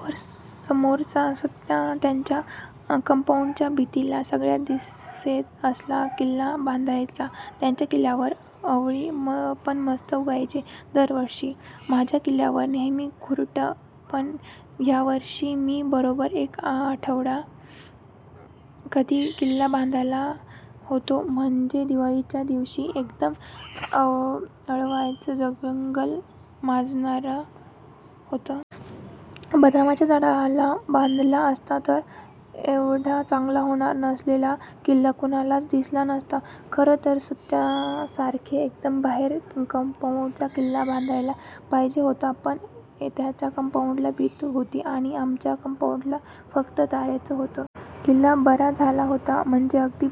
पण समोरचा सत्या त्यांच्या कांपाउंडच्या भिंतीला, सगळ्यांना दिसेल असा किल्ला बांधायचा. त्याच्या किल्ल्यावर अळीव पण मस्त उगवायचे दरवर्षी. माझ्या किल्ल्यावर नेहेमीच खुरटं. पण ह्यावर्षी मी बरोबर एक आठवडा आधी किल्ला बांधला होता, म्हणजे दिवाळीच्या दिवशी एकदम अळवाचं जंगल माजणार होतं. बदामाच्या झाडाला बांधला असता तर एव्हडा चांगला होणार असलेला किल्ला कुणालाच दिसला नसता. खरं तर सत्यासारखे एकदम बाहेर कांपाउंडलाच किल्ला बांधायला पाह्यजे होता. पण त्यांच्या कांपाउंडला भिंतं होती आणि आमचं कांपाउंड फक्त तारेचं होतं. किल्ला बरा झाला होता. म्हणजे अगदी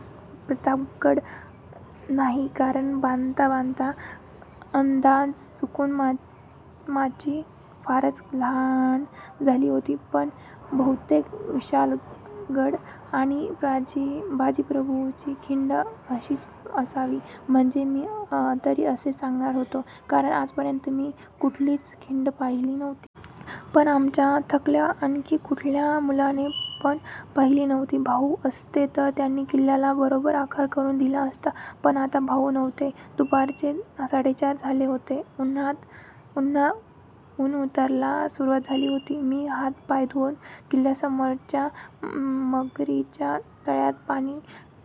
प्रतापगड नाही. कारण बांधता बांधता अंदाज चुकुन माची फारच लहान झाली होती. पण बहुतेक विशाळगड आणि बाजीप्रभुची खिंड अशीच असावी. म्हणजे मी तरी असेच सांगणार होतो. कारण आजपर्यंत मी कुठलीच खिंड पाहिली नव्हती. पण आमच्या इथल्या आणखी कुठल्या मुलाने पण पाहिली नव्हती. भाउ असते तर त्यांनी किल्ल्याला बरोबर आकार करुन दिला असता. पण आता भाउ नव्हते. दुपारचे साडेचार झाले होते. उन्हं उतरायला सुरुवात झाली होती. मी हात्-पाय धुवुन किल्ल्यासमोरच्या मगरीच्या तळ्यात पाणी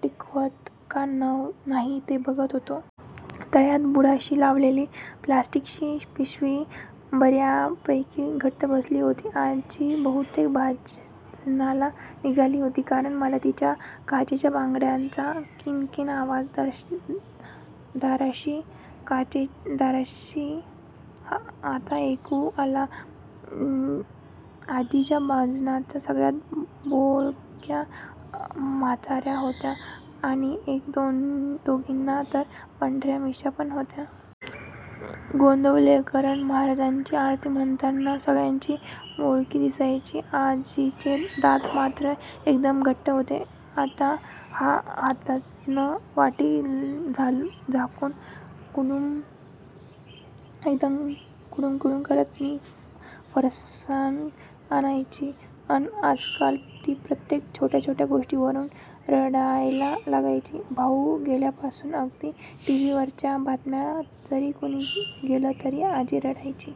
टिकतय का नाही ते बघत होतो. तळ्याच्या बुडाशी लावलेली प्लास्टिकची पिशवी बर्यापैकी घट्ट बसली होती. आजी बहुतेक भजनाला निघाली होती. कारण मला तिच्या काचेच्या बांगड्यांचा किण-किण आवाज दाराशी आत ऐकु आला. आजीच्या भजनात सगळ्या बोळक्या म्हातार्या होत्या. आणि एक-दोघीना तर पांढर्या मिश्या पण होत्या. गोंदवलेकर महाराजांची आरती म्हणताना सगळ्यांची बोळकी दिसायची. आजीचे दात मात्र एकदम घट्ट होते. एका हातानं वाटी झाकुन कुडुम कुडुम करत ती फरसाण खायची. पण आजकाल ती प्रत्येक छोट्या-छोट्या गोष्टीवरून रडायला लागायची. भाउ गेल्यापासुन, अगदी टीव्हीवरच्या बातम्यात जरी कुणी गेलं तरी आजी रडायची.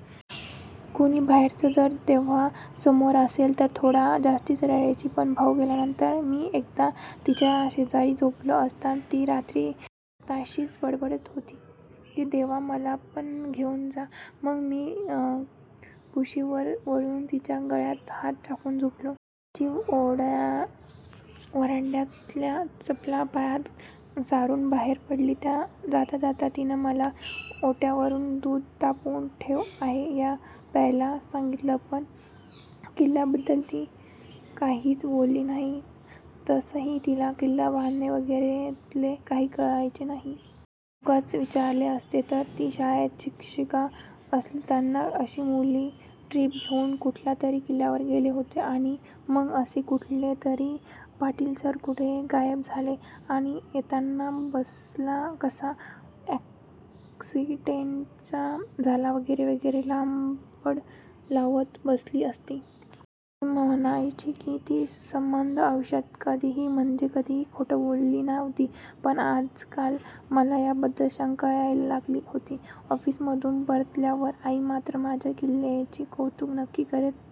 कोणी बाहेरचं जर तेव्हा समोर असेल तर थोडं जास्तच रडायची. पण भाउ गेल्यानंतर मी एकदा तिच्याशेजारी झोपलो असताना, ती रात्री स्वतःशीच बडबडत होती की देवा मला पण घेवून जा. मग मी कुशीवर वळुन तिच्या गळ्यात हात टाकुन झोपलो. आजी व्हरांड्यातल्या चपला पायात सारुन बाहेर पडली. जाता जाता तिनं मला ओट्यावर दूध तापवून ठेवलं आहे ते प्यायला सांगितलं. पण किल्ल्याबद्दल ती काहीच बोलली नाही. तसंही तिला किल्ला बांधणे वगैरेतले काही कळायचे नाही. उगाच विचारले असते तर, ती शाळेत शिक्षीका असताना कशी मुलांची ट्रिप घेवून कुठल्यातरी किल्ल्यावर गेली होती आणि मग कसे कुठलेतरी पाटील सर कुठे गायब झाले, आणि येताना बसला कसा अक्सिडेंटच झाला वगैरे वगैरे लांबड लावत बसली असती. ती म्हणायची की ती सबंध आयुष्यात कधीही, म्हणजे कधीही खोटं बोलली नव्हती. पण आजकाल मला याबद्दल शंका यायला लागली होती. ऑफिसमधून परतल्यावर आई मात्र माझ्या किल्ल्याचे कौतुक नक्की करेल